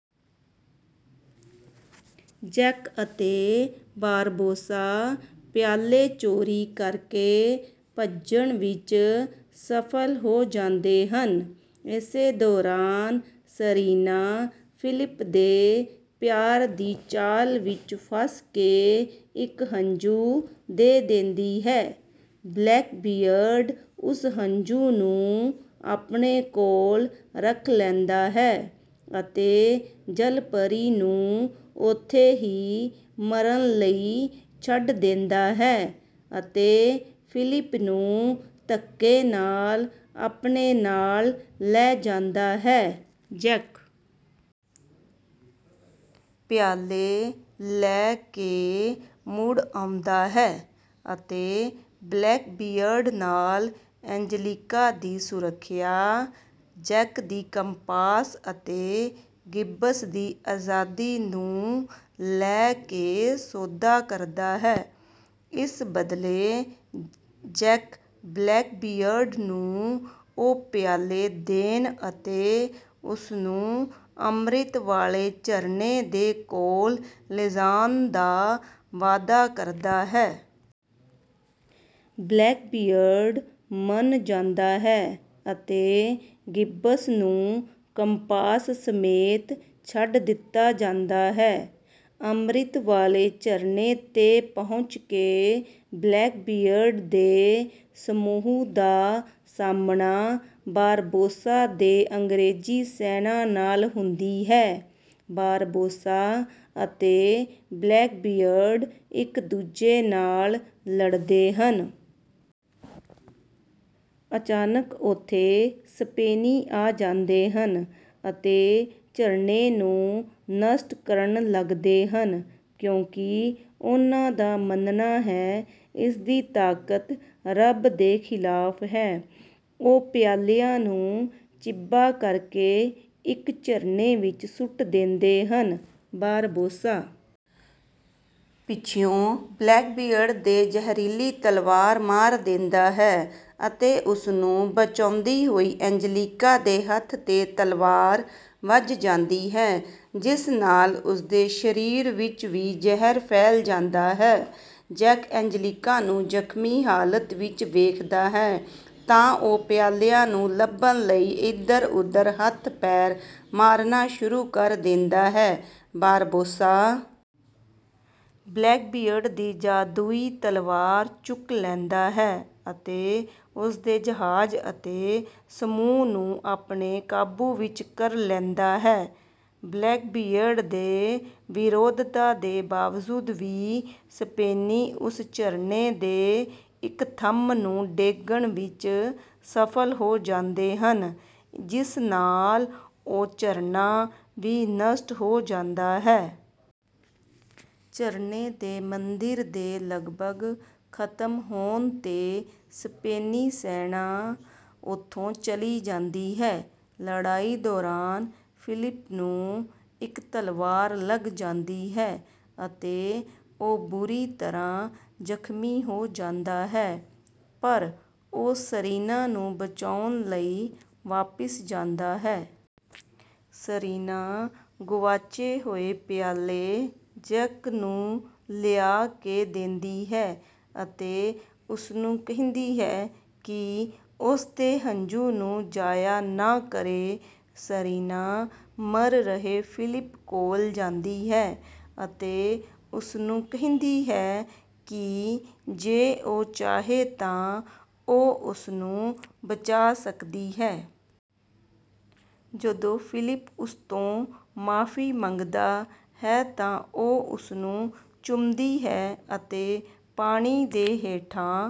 Jack ਅਤੇ Barbossa ਪਿਆਲੇ ਚੋਰੀ ਕਰਕੇ ਭੱਜਣ ਵਿੱਚ ਸਫਲ ਹੋ ਜਾਂਦੇ ਹਨ। ਇਸੇ ਦੌਰਾਨ ਸੀਰੀਨਾ, ਫਿਲਿਪ ਦੇ ਪਿਆਰ ਦੀ ਚਾਲ ਵਿੱਚ ਫਸ ਕੇ ਇੱਕ ਹੰਝੂ ਦੇ ਦਿੰਦੀ ਹੈ। ਬਲੈਕਬੀਅਰਡ ਉਸ ਹੰਝੂ ਨੂੰ ਆਪਣੇ ਕੋਲ ਰੱਖ ਲੈਂਦਾ ਹੈ ਅਤੇ ਜਲਪਰੀ ਨੂੰ ਉੱਥੇ ਹੀ ਮਰਨ ਲਈ ਛੱਡ ਦਿੰਦਾ ਹੈ ਅਤੇ ਫਿਲਿਪ ਨੂੰ ਧੱਕੇ ਨਾਲ ਆਪਣੇ ਨਾਲ ਲੈ ਜਾਂਦਾ ਹੈ। ਜੈਕ ਪਿਆਲੇ ਲੈ ਕੇ ਮੁੜ ਆਉਂਦਾ ਹੈ ਅਤੇ ਬਲੈਕਬੀਅਰਡ ਨਾਲ ਐਂਜੇਲੀਕਾ ਦੀ ਸੁਰੱਖਿਆ, ਜੈਕ ਦੀ ਕੰਪਾਸ ਅਤੇ ਗਿੱਬਸ ਦੀ ਆਜ਼ਾਦੀ ਨੂੰ ਲੈ ਕੇ ਸੌਦਾ ਕਰਦਾ ਹੈ। ਇਸ ਬਦਲੇ ਜੈਕ ਬਲੈਕਬੀਅਰਡ ਨੂੰ ਉਹ ਪਿਆਲੇ ਦੇਣ ਅਤੇ ਉਸਨੂੰ ਅਮ੍ਰਿਤ ਵਾਲੇ ਝਰਨੇ ਦੇ ਕੋਲ ਲਿਜਾਣ ਦਾ ਵਾਅਦਾ ਕਰਦਾ ਹੈ। ਬਲੈਕਬੀਅਰਡ ਮੰਨ ਜਾਂਦਾ ਹੈ ਅਤੇ ਗਿੱਬਸ ਨੂੰ ਕੰਪਾਸ ਸਮੇਤ ਛੱਡ ਦਿੱਤਾ ਜਾਂਦਾ ਹੈ। ਅਮ੍ਰਿਤ ਵਾਲੇ ਝਰਨੇ ਤੇ ਪਹੁੰਚ ਕੇ ਬਲੈਕਬੀਅਰਡ ਦੇ ਸਮੂਹ ਦਾ ਸਾਹਮਣਾ ਬਾਰਬੋਸਾ ਦੇ ਅੰਗ੍ਰੇਜ਼ੀ ਸੈਨਾ ਨਾਲ ਹੁੰਦੀ ਹੈ। ਬਾਰਬੋਸਾ ਅਤੇ ਬਲੈਕਬੀਅਰਡ ਇੱਕ ਦੂਜੇ ਨਾਲ ਲੜਦੇ ਹਨ। ਅਚਾਨਕ ਉੱਥੇ ਸਪੇਨੀ ਆ ਜਾਂਦੇ ਹਨ ਅਤੇ ਝਰਨੇ ਨੂੰ ਨਸ਼ਟ ਕਰਨ ਲੱਗਦੇ ਹਨ, ਕਿਉਂਕਿ ਉਹਨਾਂ ਦਾ ਮੰਨਣਾ ਹੈ ਇਸਦੀ ਤਾਕਤ ਰੱਬ ਦੇ ਖ਼ਿਲਾਫ਼ ਹੈ। ਉਹ ਪਿਆਲਿਆਂ ਨੂੰ ਚਿੱਬਾ ਕਰਕੇ ਇੱਕ ਝਰਨੇ ਵਿੱਚ ਸੁੱਟ ਦਿੰਦੇ ਹਨ। ਬਾਰਬੋਸਾ ਪਿੱਛਿਓਂ ਬਲੈਕਬੀਅਰਡ ਦੇ ਜ਼ਹਿਰੀਲੀ ਤਲਵਾਰ ਮਾਰ ਦਿੰਦਾ ਹੈ ਅਤੇ ਉਸਨੂੰ ਬਚਾਉਂਦੀ ਹੋਈ ਐਂਜੇਲੀਕਾ ਦੇ ਹੱਥ ਤੇ ਤਲਵਾਰ ਵੱਜ ਜਾਂਦੀ ਹੈ, ਜਿਸ ਨਾਲ ਉਸਦੇ ਸਰੀਰ ਵਿੱਚ ਵੀ ਜ਼ਹਿਰ ਫੈਲ ਜਾਂਦਾ ਹੈ। ਜੈਕ ਐਂਜੇਲੀਕਾ ਨੂੰ ਜ਼ਖ਼ਮੀ ਹਾਲਤ ਵਿੱਚ ਵੇਖਦਾ ਹੈ ਤਾਂ ਉਹ ਪਿਆਲਿਆਂ ਨੂੰ ਲੱਭਣ ਲਈ ਇੱਧਰ-ਉੱਧਰ ਹੱਥ ਪੈਰ ਮਾਰਨਾ ਸ਼ੁਰੂ ਕਰ ਦਿੰਦਾ ਹੈ। ਬਾਰਬੋਸਾ ਬਲੈਕਬੀਅਰਡ ਦੀ ਜਾਦੂਈ ਤਲਵਾਰ ਚੁੱਕ ਲੈਂਦਾ ਹੈ ਅਤੇ ਉਸਦੇ ਜਹਾਜ਼ ਅਤੇ ਸਮੂਹ ਨੂੰ ਆਪਣੇ ਕਾਬੂ ਵਿੱਚ ਕਰ ਲੈਂਦਾ ਹੈ। ਬਲੈਕਬੀਅਰਡ ਦੇ ਵਿਰੋਧਤਾ ਦੇ ਬਾਵਜੂਦ ਵੀ ਸਪੇਨੀ ਉਸ ਝਰਨੇ ਦੇ ਇੱਕ ਥੰਮ ਨੂੰ ਡੇਗਣ ਵਿੱਚ ਸਫਲ ਹੋ ਜਾਂਦੇ ਹਨ, ਜਿਸ ਨਾਲ ਉਹ ਝਰਨਾ ਵੀ ਨਸ਼ਟ ਹੋ ਜਾਂਦਾ ਹੈ। ਝਰਨੇ ਦੇ ਮੰਦਿਰ ਦੇ ਲਗਭਗ ਖ਼ਤਮ ਹੋਣ ਤੇ ਸਪੇਨੀ ਸੈਨਾ ਉੱਥੋਂ ਚਲੀ ਜਾਂਦੀ ਹੈ। ਲੜਾਈ ਦੌਰਾਨ ਫਿਲਿਪ ਨੂੰ ਇੱਕ ਤਲਵਾਰ ਲੱਗ ਜਾਂਦੀ ਹੈ ਅਤੇ ਉਹ ਬੁਰੀ ਤਰ੍ਹਾਂ ਜ਼ਖ਼ਮੀ ਹੋ ਜਾਂਦਾ ਹੈ, ਪਰ ਉਹ ਸੀਰੀਨਾ ਨੂੰ ਬਚਾਉਣ ਲਈ ਵਾਪਿਸ ਜਾਂਦਾ ਹੈ। ਸੀਰੀਨਾ ਗੁਆਚੇ ਹੋਏ ਪਿਆਲੇ ਜੈਕ ਨੂੰ ਲਿਆ ਕੇ ਦਿੰਦੀ ਹੈ ਅਤੇ ਉਸਨੂੰ ਕਹਿੰਦੀ ਹੈ ਕਿ ਉਸਦੇ ਹੰਝੂ ਨੂੰ ਜ਼ਾਇਆ ਨਾ ਕਰੇ। ਸੀਰੀਨਾ ਮਰ ਰਹੇ ਫਿਲਿਪ ਕੋਲ ਜਾਂਦੀ ਹੈ ਅਤੇ ਉਸਨੂੰ ਕਹਿੰਦੀ ਹੈ ਕਿ ਜੇ ਉਹ ਚਾਹੇ ਤਾਂ ਉਹ ਉਸਨੂੰ ਬਚਾ ਸਕਦੀ ਹੈ। ਜਦੋਂ ਫਿਲਿਪ ਉਸਤੋਂ ਮਾਫ਼ੀ ਮੰਗਦਾ ਹੈ ਤਾਂ ਉਹ ਉਸਨੂੰ ਚੁੰਮਦੀ ਹੈ ਅਤੇ ਪਾਣੀ ਦੇ ਹੇਠਾਂ...